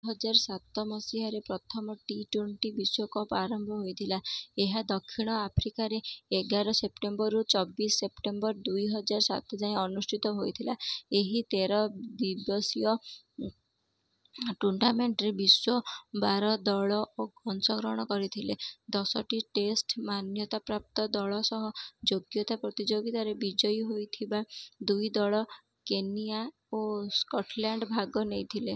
ଦୁଇ ହଜାର ସାତ ମସିହାରେ ପ୍ରଥମ ଟି-ଟ୍ୱେଣ୍ଟି ବିଶ୍ୱକପ୍‌ର ଆରମ୍ଭ ହୋଇଥିଲା। ଏହା ଦକ୍ଷିଣ ଆଫ୍ରିକାରେ ଏଗାର ସେପ୍ଟେମ୍ବରରୁ ଚବିଶ ସେପ୍ଟେମ୍ବର ଦୁଇ ହଜାର ସାତ ଯାଏଁ ଅନୁଷ୍ଠିତ ହୋଇଥିଲା। ଏହି ତେର ଦିବସୀୟ ଟୁର୍ଣ୍ଣାମେଣ୍ଟରେ ବିଶ୍ୱର ବାର ଦଳ ଅଂଶଗ୍ରହଣ କରିଥିଲେ। ଦଶଟି ଟେଷ୍ଟ ମାନ୍ୟତାପ୍ରାପ୍ତ ଦଳ ସହ ଯୋଗ୍ୟତା ପ୍ରତିଯୋଗିତାରେ ବିଜୟୀ ହୋଇଥିବା ଦୁଇ ଦଳ କେନିଆ ଓ ସ୍କଟଲ୍ୟାଣ୍ଡ ଭାଗ ନେଇଥିଲେ।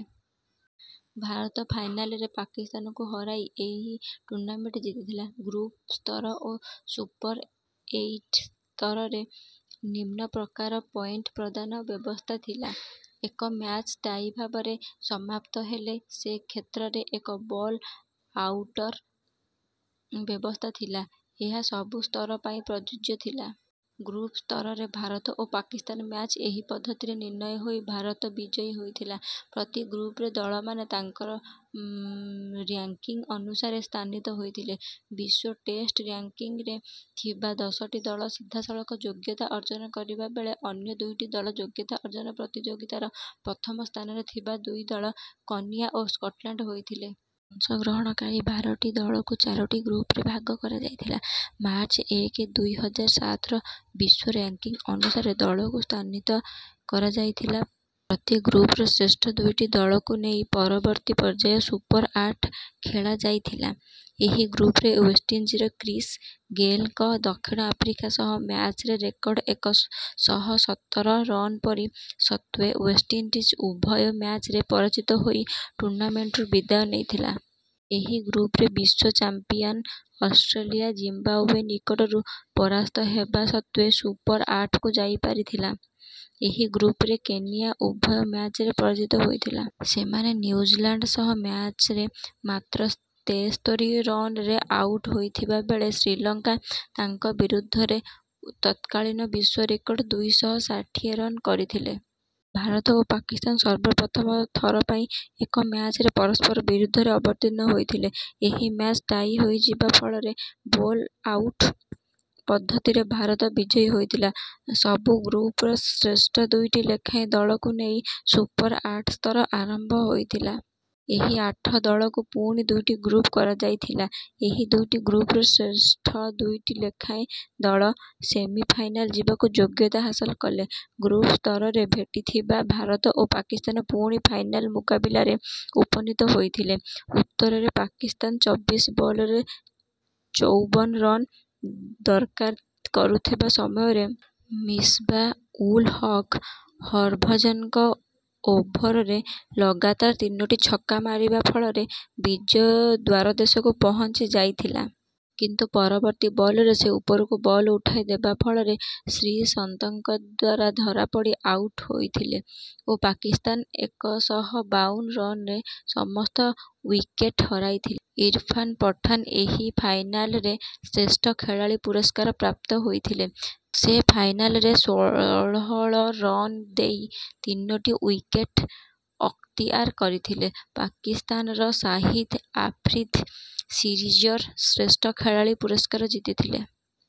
ଭାରତ ଫାଇନାଲ୍‌ରେ ପାକିସ୍ତାନକୁ ହରାଇ ଏହି ଟୁର୍ଣ୍ଣାମେଣ୍ଟ ଜିତିଥିଲା। ଗ୍ରୁପ୍ ସ୍ତର ଓ ସୁପର ଏଇଟ୍ ସ୍ତରରେ ନିମ୍ନ ପ୍ରକାର ପଏଣ୍ଟ ପ୍ରଦାନ ବ୍ୟବସ୍ଥା ଥିଲା। ଏକ ମ୍ୟାଚ୍ ଟାଇ ଭାବରେ ସମାପ୍ତ ହେଲେ ସେ କ୍ଷେତ୍ରରେ ଏକ ବୋଲ୍ ଆଉଟ୍‌ର ବ୍ୟବସ୍ଥା ଥିଲା। ଏହା ସବୁ ସ୍ତର ପାଇଁ ପ୍ରଯୁଜ୍ୟ ଥିଲା। ଗ୍ରୁପ୍ ସ୍ତରରେ ଭାରତ ଓ ପାକିସ୍ତାନ ମ୍ୟାଚ୍ ଏହି ପଦ୍ଧତିରେ ନିର୍ଣ୍ଣୟ ହୋଇ ଭାରତ ବିଜୟୀ ହୋଇଥିଲା। ପ୍ରତି ଗ୍ରୁପ୍‌ରେ ଦଳମାନେ ତାଙ୍କର ର‍୍ୟାଙ୍କିଙ୍ଗ୍ ଅନୁସାରେ ସ୍ଥାନିତ ହୋଇଥିଲେ। ବିଶ୍ୱ ଟେଷ୍ଟ ର‍୍ୟାଙ୍କିଙ୍ଗ୍‌ରେ ଥିବା ଦଶଟି ଦଳ ସିଧାସଳଖ ଯୋଗ୍ୟତା ଅର୍ଜନ କରିବା ବେଳେ ଅନ୍ୟ ଦୁଇଟି ଦଳ ଯୋଗ୍ୟତା ଅର୍ଜନ ପ୍ରତିଯୋଗିତାର ପ୍ରଥମ ସ୍ଥାନରେ ଥିବା ଦୁଇ ଦଳ କେନିଆ ଓ ସ୍କଟଲ୍ୟାଣ୍ଡ ହୋଇଥିଲେ। ଅଂଶଗ୍ରହଣକାରୀ ବାରଟି ଦଳକୁ ଚାରୋଟି ଗ୍ରୁପ୍‌ରେ ଭାଗ କରାଯାଇଥିଲା। ମାର୍ଚ୍ଚ ଏକ, ଦୁଇ ହଜାର ସାତର ବିଶ୍ୱ ର‍୍ୟାଙ୍କିଙ୍ଗ୍ ଅନୁସାରେ ଦଳକୁ ସ୍ଥାନିତ କରାଯାଇଥିଲା। ପ୍ରତି ଗ୍ରୁପ୍‌ର ଶ୍ରେଷ୍ଠ ଦୁଇଟି ଦଳକୁ ନେଇ ପରବର୍ତ୍ତୀ ପର୍ଯ୍ୟାୟ ସୁପର ଆଠ ଖେଳାଯାଇଥିଲା। ଏହି ଗ୍ରୁପ୍‌ରେ ୱେଷ୍ଟଇଣ୍ଡିଜ୍‌ର କ୍ରିସ୍ ଗେଲ୍‌ଙ୍କ ଦକ୍ଷିଣ ଆଫ୍ରିକା ସହ ମ୍ୟାଚ୍‌ରେ ରେକର୍ଡ ଏକ ଶହ ସତର ରନ୍‌ର ପାରି ସତ୍ତ୍ୱେ ୱେଷ୍ଟଇଣ୍ଡିଜ୍ ଉଭୟ ମ୍ୟାଚ୍‌ରେ ପରାଜିତ ହୋଇ ଟୁର୍ଣ୍ଣାମେଣ୍ଟରୁ ବିଦାୟ ନେଇଥିଲା। ଏହି ଗ୍ରୁପ୍‌ରେ ବିଶ୍ୱ ଚାମ୍ପିଅନ୍ ଅଷ୍ଟ୍ରେଲିଆ ଜିମ୍ବାୱେ ନିକଟରୁ ପରାସ୍ତ ହେବା ସତ୍ତ୍ୱେ ସୁପର ଆଠକୁ ଯାଇପାରିଥିଲା। ଏହି ଗ୍ରୁପ୍‌ରେ କେନିଆ ଉଭୟ ମ୍ୟାଚ୍‌ରେ ପରାଜିତ ହୋଇଥିଲା। ସେମାନେ ନ୍ୟୁଜିଲାଣ୍ଡ ସହ ମ୍ୟାଚ୍‌ରେ ମାତ୍ର ତେସ୍ତରୀ ରନ୍‌ରେ ଆଉଟ୍ ହୋଇଥିବା ବେଳେ ଶ୍ରୀଲଙ୍କା ତାଙ୍କ ବିରୁଦ୍ଧରେ ତତ୍କାଳୀନ ବିଶ୍ୱ ରେକର୍ଡ ଦୁଇ ଶହ ଷାଠିଏ ରନ୍ କରିଥିଲେ। ଭାରତ ଓ ପାକିସ୍ତାନ ସର୍ବପ୍ରଥମ ଥର ପାଇଁ ଏକ ମ୍ୟାଚ୍‌ରେ ପରସ୍ପର ବିରୁଦ୍ଧରେ ଅବତୀର୍ଣ୍ଣ ହୋଇଥିଲେ। ଏହି ମ୍ୟାଚ୍ ଟାଇ ହୋଇଯିବା ଫଳରେ ବୋଲ୍ ଆଉଟ୍ ପଦ୍ଧତିରେ ଭାରତ ବିଜୟୀ ହୋଇଥିଲା। ସବୁ ଗ୍ରୁପ୍‌ର ଶ୍ରେଷ୍ଠ ଦୁଇଟି ଲେଖାଏଁ ଦଳକୁ ନେଇ ସୁପର ଆଠ ସ୍ତର ଆରମ୍ଭ ହୋଇଥିଲା। ସେହି ଆଠ ଦଳକୁ ପୁଣି ଦୁଇଟି ଗ୍ରୁପ୍ କରାଯାଇଥିଲା। ଏହି ଦୁଇଟି ଗ୍ରୁପ୍‌ର ଶ୍ରେଷ୍ଠ ଦୁଇଟି ଲେଖାଏଁ ଦଳ ସେମିଫାଇନାଲ୍ ଯିବାକୁ ଯୋଗ୍ୟତା ହାସଲ କଲେ। ଗ୍ରୁପ୍ ସ୍ତରରେ ଭେଟିଥିବା ଭାରତ ଓ ପାକିସ୍ତାନ ପୁଣି ଫାଇନାଲ୍ ମୁକାବିଲାରେ ଉପନୀତ ହୋଇଥିଲେ। ଉତ୍ତରରେ ପାକିସ୍ତାନ ଚବିଶ ବଲ୍‌ରେ ଚଉବନ ରନ୍ ଦରକାର କରୁଥିବା ସମୟରେ ମିସବା-ଉଲ୍-ହକ୍ ହରଭଜନଙ୍କ ଓଭର୍‌ରେ ଲଗାତାର ତିନୋଟି ଛକା ମାରିବା ଫଳରେ ବିଜୟର ଦ୍ୱାରଦେଶକୁ ପହଞ୍ଚି ଯାଇଥିଲା। କିନ୍ତୁ ପରବର୍ତ୍ତୀ ବଲ୍‌ରେ ସେ ଉପରକୁ ବଲ୍ ଉଠାଇ ଦେବା ଫଳରେ ଶ୍ରୀସନ୍ତଙ୍କ ଦ୍ୱାରା ଧରାପଡ଼ି ଆଉଟ୍ ହୋଇଥିଲେ ଓ ପାକିସ୍ତାନ ଏକ ଶହ ବାଉନ ରନ୍‌ରେ ସମସ୍ତ ୱିକେଟ୍ ହରାଇଥିଲା। ଇରଫାନ୍ ପଠାନ ଏହି ଫାଇନାଲ୍‌ରେ ଶ୍ରେଷ୍ଠ ଖେଳାଳି ପୁରସ୍କାର ପ୍ରାପ୍ତ ହୋଇଥିଲେ। ସେ ଫାଇନାଲ୍‌ରେ ଷୋହଳ ରନ୍ ଦେଇ ତିନୋଟି ୱିକେଟ୍ ଅକ୍ତିଆର କରିଥିଲେ। ପାକିସ୍ତାନର ସାହିଦ୍ ଆଫ୍ରିଦି ସିରିଜ୍‌ର ଶ୍ରେଷ୍ଠ ଖେଳାଳି ପୁରସ୍କାର ଜିତିଥିଲେ।